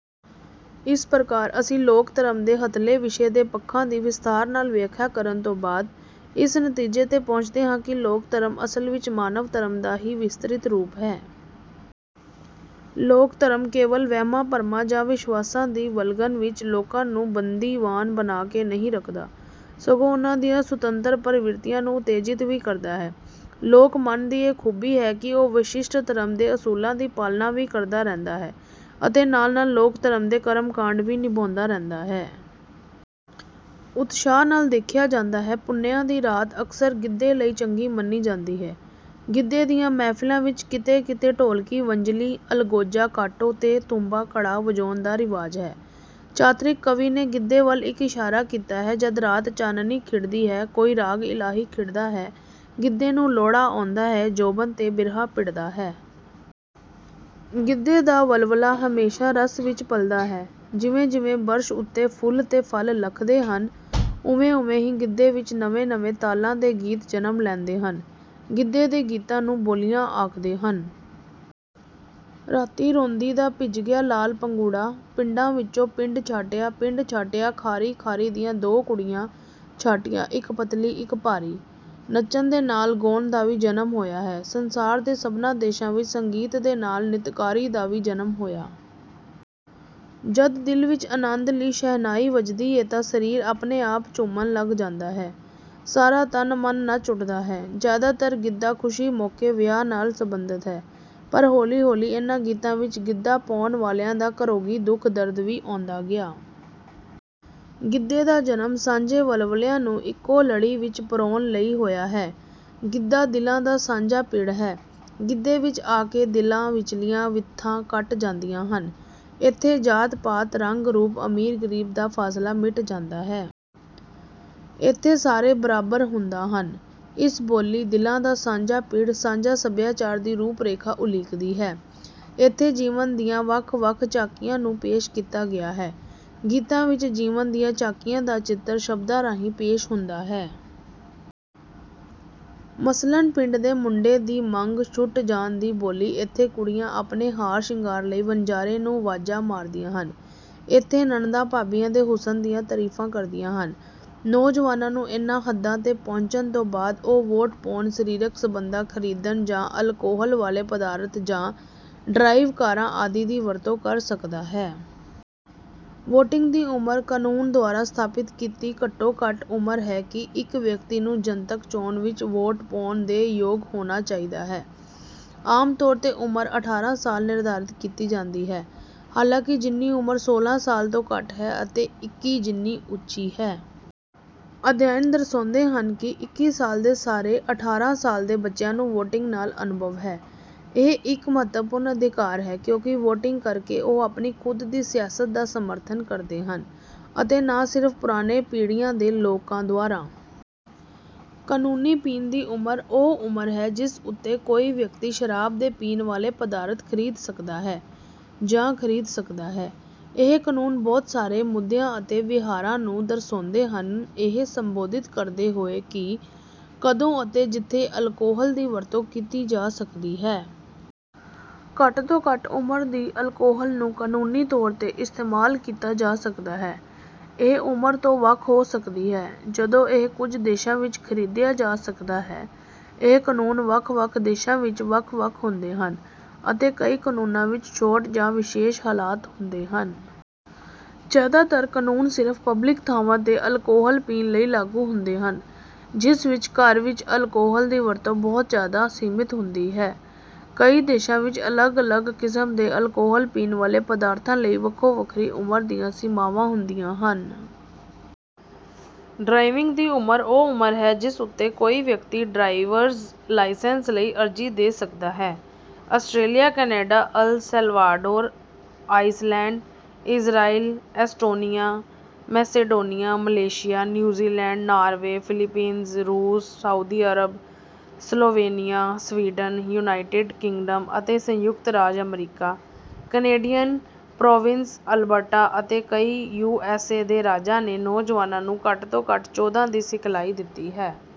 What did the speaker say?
ਇਸ ਪ੍ਰਕਾਰ ਅਸੀਂ ਲੋਕ ਧਰਮ ਦੇ ਹੱਥਲੇ ਵਿਸ਼ੇ ਦੇ ਪੱਖਾਂ ਦੀ ਵਿਸਥਾਰ ਨਾਲ ਵਿਆਖਿਆ ਕਰਨ ਤੋਂ ਬਾਅਦ ਇਸ ਨਤੀਜੇ ਤੇ ਪਹੁੰਚਦੇ ਹਾਂ ਕਿ ਲੋਕ ਧਰਮ ਅਸਲ ਵਿੱਚ ਮਾਨਵ ਧਰਮ ਦਾ ਹੀ ਵਿਸਤ੍ਰਿਤ ਰੂਪ ਹੈ। ਲੋਕ ਧਰਮ ਕੇਵਲ ਵਹਿਮਾਂ ਭਰਮਾਂ ਜਾਂ ਵਿਸ਼ਵਾਸਾਂ ਦੀ ਵਲਗਣ ਵਿੱਚ ਲੋਕਾਂ ਨੂੰ ਬੰਦੀਵਾਨ ਬਣਾ ਕੇ ਨਹੀਂ ਰੱਖਦਾ ਸਗੋਂ ਉਨ੍ਹਾਂ ਦੀਆਂ ਸੁਤੰਤਰ ਪ੍ਰਵਿਰਤੀਆਂ ਨੂੰ ਉਤੇਜਿਤ ਵੀ ਕਰਦਾ ਹੈ। ਲੋਕ ਮਨ ਦੀ ਇਹ ਖੂਬੀ ਹੈ ਕਿ ਉਹ ਵਿਸ਼ਿਸ਼ਟ ਧਰਮ ਦੇ ਅਸੂਲਾਂ ਦੀ ਪਾਲਣਾ ਵੀ ਕਰਦਾ ਰਹਿੰਦਾ ਹੈ ਅਤੇ ਨਾਲ ਨਾਲ ਲੋਕ ਧਰਮ ਦੇ ਕਰਮ ਕਾਂਡ ਵੀ ਨਿਭਾਉਂਦਾ ਰਹਿੰਦਾ ਹੈ। ਉਤਸ਼ਾਹ ਨਾਲ ਦੇਖਿਆ ਜਾਂਦਾ ਹੈ। ਪੁਨਿਆਂ ਦੀ ਰਾਤ ਅਕਸਰ ਗਿੱਧੇ ਲਈ ਚੰਗੀ ਮੰਨੀ ਜਾਂਦੀ ਹੈ। ਗਿੱਧੇ ਦੀਆਂ ਮਹਿਫਲਾਂ ਵਿੱਚ ਕਿੱਤੇ ਕਿੱਤੇ ਢੋਲਕੀ ਵੰਜਲੀ ਅਲਗੋਜਾ ਕਾਟੋ ਤੇ ਤੂੰਬਾ ਘੜਾ ਵਜਾਉਣ ਦਾ ਰਿਵਾਜ ਹੈ। ਚਾਤ੍ਰਿਕ ਕਵੀ ਨੇ ਗਿੱਧੇ ਵੱਲ ਇੱਕ ਇਸ਼ਾਰਾ ਕੀਤਾ ਹੈ ਜਦ ਰਾਤ ਚਾਨਣੀ ਖਿੜਦੀ ਹੈ ਕੋਈ ਰਾਗ ਇਲਾਹੀ ਖਿੜਦਾ ਹੈ ਗਿੱਧੇ ਨੂੰ ਲੋਹੜਾ ਆਉਂਦਾ ਹੈ ਜ਼ੋਬਨ ਤੇ ਬਿਰਹਾ ਭਿੜਦਾ ਹੈ। ਗਿੱਧੇ ਦਾ ਵਲਵਲਾ ਹਮੇਸ਼ਾ ਰਸ ਵਿੱਚ ਪਲਦਾ ਹੈ। ਜਿਵੇਂ ਜਿਵੇਂ ਬਰਛ ਉੱਤੇ ਫੁੱਲ ਤੇ ਫਲ ਲੱਖਦੇ ਹਨ ਉਵੇਂ ਉਵੇਂ ਹੀ ਗਿੱਧੇ ਵਿੱਚ ਨਵੇਂ ਨਵੇਂ ਤਾਲਾਂ ਦੇ ਗੀਤ ਜਨਮ ਲੈਂਦੇ ਹਨ। ਗਿੱਧੇ ਦੇ ਗੀਤਾਂ ਨੂੰ ਬੋਲੀਆਂ ਆਖਦੇ ਹਨ। ਰਾਤੀਂ ਰੋਂਦੀ ਦਾ ਭਿੱਜ ਗਿਆ ਲਾਲ ਪੰਗੂੜਾ। ਪਿੰਡਾਂ ਵਿੱਚੋਂ ਪਿੰਡ ਛਾਟਿਆਂ ਪਿੰਡ ਛਾਟਿਆਂ ਖਾਰੀ ਖਾਰੀ ਦੀਆਂ ਦੋ ਕੁੜੀਆਂ ਛਾਟੀਆਂ ਇੱਕ ਪੱਤਲੀ ਇੱਕ ਭਾਰੀ। ਨੱਚਣ ਦੇ ਨਾਲ ਗਾਉਣ ਦਾ ਵੀ ਜਨਮ ਹੋਇਆ ਹੈ। ਸੰਸਾਰ ਦੇ ਸਭਨਾ ਦੇਸ਼ਾਂ ਵਿੱਚ ਸੰਗੀਤ ਦੇ ਨਾਲ ਨਿਤਕਾਰੀ ਦਾ ਵੀ ਜਨਮ ਹੋਇਆ। ਜਦ ਦਿਲ ਵਿੱਚ ਆਨੰਦ ਲੀ ਛਹਿਣਾਈ ਵੱਜਦੀ ਏ ਤਾਂ ਸਰੀਰ ਆਪਣੇ ਆਪ ਝੂਮਣ ਲੱਗ ਜਾਂਦਾ ਹੈ। ਸਾਰਾ ਤਨ ਮਨ ਨੱਚ ਉਠਦਾ ਹੈ। ਜਿਆਦਾਤਰ ਗਿੱਧਾ ਖੁਸ਼ੀ ਮੋਕੇ ਵਿਆਹ ਨਾਲ ਸਬੰਧਤ ਹੈ। ਪਰ ਹੋਲੀ ਹੋਲੀ ਇਹਨਾਂ ਗੀਤਾਂ ਵਿੱਚ ਗਿੱਧਾ ਪਾਉਣ ਵਾਲਿਆਂ ਦਾ ਘਰੋਗੀ ਦੁੱਖ ਦਰਦ ਵੀ ਆਉਂਦਾ ਗਿਆ। ਗਿੱਧੇ ਦਾ ਜਨਮ ਸਾਂਝੇ ਵਲਵਲਿਆਂ ਨੂੰ ਇੱਕੋ ਲੜੀ ਵਿੱਚ ਪੋਰਣ ਲਈ ਹੋਇਆ ਹੈ। ਗਿੱਧਾ ਦਿਲਾਂ ਦਾ ਸਾਂਝਾ ਪਿੜ ਹੈ। ਗਿੱਧੇ ਵਿੱਚ ਆ ਕੇ ਦਿਲਾਂ ਵਿੱਚਲੀਆਂ ਵਿੱਥਾਂ ਘੱਟ ਜਾਂਦੀਆਂ ਹਨ। ਇੱਥੇ ਜਾਤ ਪਾਤ ਰੰਗ ਰੂਪ ਅਮੀਰ ਗਰੀਬ ਦਾ ਫਾਸਲਾ ਮਿਟ ਜਾਂਦਾ ਹੈ। ਇੱਥੇ ਸਾਰੇ ਬਰਾਬਰ ਹੁੰਦਾ ਹਨ। ਇਸ ਬੋਲੀ ਦਿਲਾਂ ਦਾ ਸਾਂਝਾ ਪਿੜ ਸਾਂਝਾ ਸਭਿਆਚਾਰ ਦੀ ਰੂਪ ਰੇਖਾ ਉਲੀਕਦੀ ਹੈ। ਇੱਥੇ ਜੀਵਨ ਦੀਆਂ ਵੱਖ ਵੱਖ ਝਾਕੀਆਂ ਨੂੰ ਪੇਸ਼ ਕੀਤਾ ਗਿਆ ਹੈ। ਗੀਤਾਂ ਵਿੱਚ ਜੀਵਨ ਦੀਆਂ ਝਾਕੀਆਂ ਦਾ ਚਿੱਤਰ ਸ਼ਬਦਾਂ ਰਾਹੀਂ ਪੇਸ਼ ਹੁੰਦਾ ਹੈ। ਮਸਲਨ ਪਿੰਡ ਦੇ ਮੁੰਡੇ ਦੀ ਮੰਗ ਛੁਟ ਜਾਣ ਦੀ ਬੋਲੀ ਇੱਥੇ ਕੁੜੀਆਂ ਆਪਣੇ ਹਾਰ ਸ਼ਿੰਗਾਰ ਲਈ ਵਣਜਾਰੇ ਨੂੰ ਵਾਜਾਂ ਮਾਰਦੀਆਂ ਹਨ ਇੱਥੇ ਨਣਦਾਂ ਭਾਬੀਆਂ ਦੇ ਹੁਸਨ ਦੀਆਂ ਤਾਰੀਫਾਂ ਕਰਦੀਆਂ ਹਨ। ਨੌਜਵਾਨਾਂ ਨੂੰ ਇਹਨਾਂ ਹੱਦਾਂ ਤੇ ਪਹੁੰਚਣ ਤੋਂ ਬਾਅਦ ਉਹ ਵੋਟ ਪਾਉਣ ਸਰੀਰਕ ਸਬੰਧਾਂ ਖਰੀਦਣ ਜਾਂ ਅਲਕੋਹਲ ਵਾਲੇ ਪਦਾਰਥ ਜਾਂ ਡਰਾਈਵ ਕਾਰਾਂ ਆਦਿ ਦੀ ਵਰਤੋਂ ਕਰ ਸਕਦਾ ਹੈ। ਵੋਟਿੰਗ ਦੀ ਉਮਰ ਕਾਨੂੰਨ ਦੁਆਰਾ ਸਥਾਪਿਤ ਕੀਤੀ ਘੱਟੋ ਘੱਟ ਉਮਰ ਹੈ ਕਿ ਇੱਕ ਵਿਅਕਤੀ ਨੂੰ ਜਨਤਕ ਚੋਣ ਵਿੱਚ ਵੋਟ ਪਾਉਣ ਦੇ ਯੋਗ ਹੋਣਾ ਚਾਹੀਦਾ ਹੈ। ਆਮ ਤੌਰ ਤੇ ਉਮਰ ਅਠਾਰਾਂ ਸਾਲ ਨਿਰਧਾਰਤ ਕੀਤੀ ਜਾਂਦੀ ਹੈ ਹਾਲਾਂਕਿ ਜਿੰਨੀ ਉਮਰ ਸੋਲਾਂ ਸਾਲ ਤੋਂ ਘੱਟ ਹੈ ਅਤੇ ਇਕੀ ਜਿੰਨੀ ਉੱਚੀ ਹੈ। ਅਧਿਐਨ ਦਰਸਾਉਂਦੇ ਹਨ ਕਿ ਇਕੀ ਸਾਲ ਦੇ ਸਾਰੇ ਅਠਾਰਾਂ ਸਾਲ ਦੇ ਬੱਚਿਆਂ ਨੂੰ ਵੋਟਿੰਗ ਨਾਲ ਅਨੁਭਵ ਹੈ। ਇਹ ਇੱਕ ਮਹੱਤਵਪੂਰਨ ਅਧਿਕਾਰ ਹੈ ਕਿਉਂਕਿ ਵੋਟਿੰਗ ਕਰਕੇ ਉਹ ਆਪਣੀ ਖੁਦ ਦੀ ਸਿਆਸਤ ਦਾ ਸਮਰਥਨ ਕਰਦੇ ਹਨ ਅਤੇ ਨਾ ਸਿਰਫ ਪੁਰਾਣੇ ਪੀੜ੍ਹੀਆਂ ਦੇ ਲੋਕਾਂ ਦੁਆਰਾ। ਕਾਨੂੰਨੀ ਪੀਣ ਦੀ ਉਮਰ ਉਹ ਉਮਰ ਹੈ ਜਿਸ ਉੱਤੇ ਕੋਈ ਵਿਅਕਤੀ ਸ਼ਰਾਬ ਦੇ ਪੀਣ ਵਾਲੇ ਪਦਾਰਥ ਖਰੀਦ ਸਕਦਾ ਹੈ ਜਾਂ ਖਰੀਦ ਸਕਦਾ ਹੈ। ਇਹ ਕਾਨੂੰਨ ਬਹੁਤ ਸਾਰੇ ਮੁੱਦਿਆਂ ਅਤੇ ਵਿਹਾਰਾਂ ਨੂੰ ਦਰਸਾਉਂਦੇ ਹਨ ਇਹ ਸੰਬੋਧਿਤ ਕਰਦੇ ਹੋਏ ਕਿ ਕਦੋਂ ਅਤੇ ਜਿੱਥੇ ਅਲਕੋਹਲ ਦੀ ਵਰਤੋਂ ਕੀਤੀ ਜਾ ਸਕਦੀ ਹੈ। ਘੱਟ ਤੋਂ ਘੱਟ ਉਮਰ ਦੀ ਅਲਕੋਹਲ ਨੂੰ ਕਾਨੂੰਨੀ ਤੌਰ ਤੇ ਇਸਤੇਮਾਲ ਕੀਤਾ ਜਾ ਸਕਦਾ ਹੈ ਇਹ ਉਮਰ ਤੋਂ ਵੱਖ ਹੋ ਸਕਦੀ ਹੈ ਜਦੋਂ ਇਹ ਕੁਝ ਦੇਸ਼ਾਂ ਵਿੱਚ ਖਰੀਦਿਆ ਜਾ ਸਕਦਾ ਹੈ। ਇਹ ਕਾਨੂੰਨ ਵੱਖ ਵੱਖ ਦੇਸ਼ਾਂ ਵਿੱਚ ਵੱਖ ਵੱਖ ਹੁੰਦੇ ਹਨ ਅਤੇ ਕਈ ਕਾਨੂੰਨਾਂ ਵਿੱਚ ਛੋਟ ਜਾਂ ਵਿਸ਼ੇਸ਼ ਹਾਲਾਤ ਹੁੰਦੇ ਹਨ। ਜ਼ਿਆਦਾਤਰ ਕਾਨੂੰਨ ਸਿਰਫ ਪਬਲਿਕ ਥਾਵਾਂ ਤੇ ਅਲਕੋਹਲ ਪੀਣ ਲਈ ਲਾਗੂ ਹੁੰਦੇ ਹਨ ਜਿਸ ਵਿੱਚ ਘਰ ਵਿੱਚ ਅਲਕੋਹਲ ਦੀ ਵਰਤੋਂ ਬਹੁਤ ਜ਼ਿਆਦਾ ਸੀਮਿਤ ਹੁੰਦੀ ਹੈ। ਕਈ ਦੇਸ਼ਾਂ ਵਿੱਚ ਅਲੱਗ ਅਲੱਗ ਕਿਸਮ ਦੇ ਅਲਕੋਹਲ ਪੀਣ ਵਾਲੇ ਪਦਾਰਥਾਂ ਲਈ ਵੱਖੋ ਵੱਖਰੀ ਉਮਰ ਦੀਆਂ ਸੀਮਾਵਾਂ ਹੁੰਦੀਆਂ ਹਨ। ਡਰਾਈਵਿੰਗ ਦੀ ਉਮਰ ਉਹ ਉਮਰ ਹੈ ਜਿਸ ਉੱਤੇ ਕੋਈ ਵਿਅਕਤੀ ਡਰਾਈਵਰਜ਼ ਲਾਇਸੈਂਸ ਲਈ ਅਰਜ਼ੀ ਦੇ ਸਕਦਾ ਹੈ। Australia Canada El Salvador Iceland Israel Estonia Macedonia Malaysia New Zealand Norway Philippines ਰੂਸ Saudi Arab Slovenia Sweden United Kingdom ਅਤੇ ਸੰਯੁਕਤ ਰਾਜ ਅਮਰੀਕਾ। ਕੈਨੇਡੀਅਨ ਪ੍ਰੋਵਿੰਸ ਅਲਬਰਟਾ ਅਤੇ ਕਈ ਯੂ ਐਸ ਦੇ ਰਾਜਾਂ ਨੇ ਨੌਜਵਾਨਾਂ ਨੂੰ ਘੱਟ ਤੋਂ ਘੱਟ ਚੌਦਾਂ ਦੀ ਸਿਖਲਾਈ ਦਿੱਤੀ ਹੈ।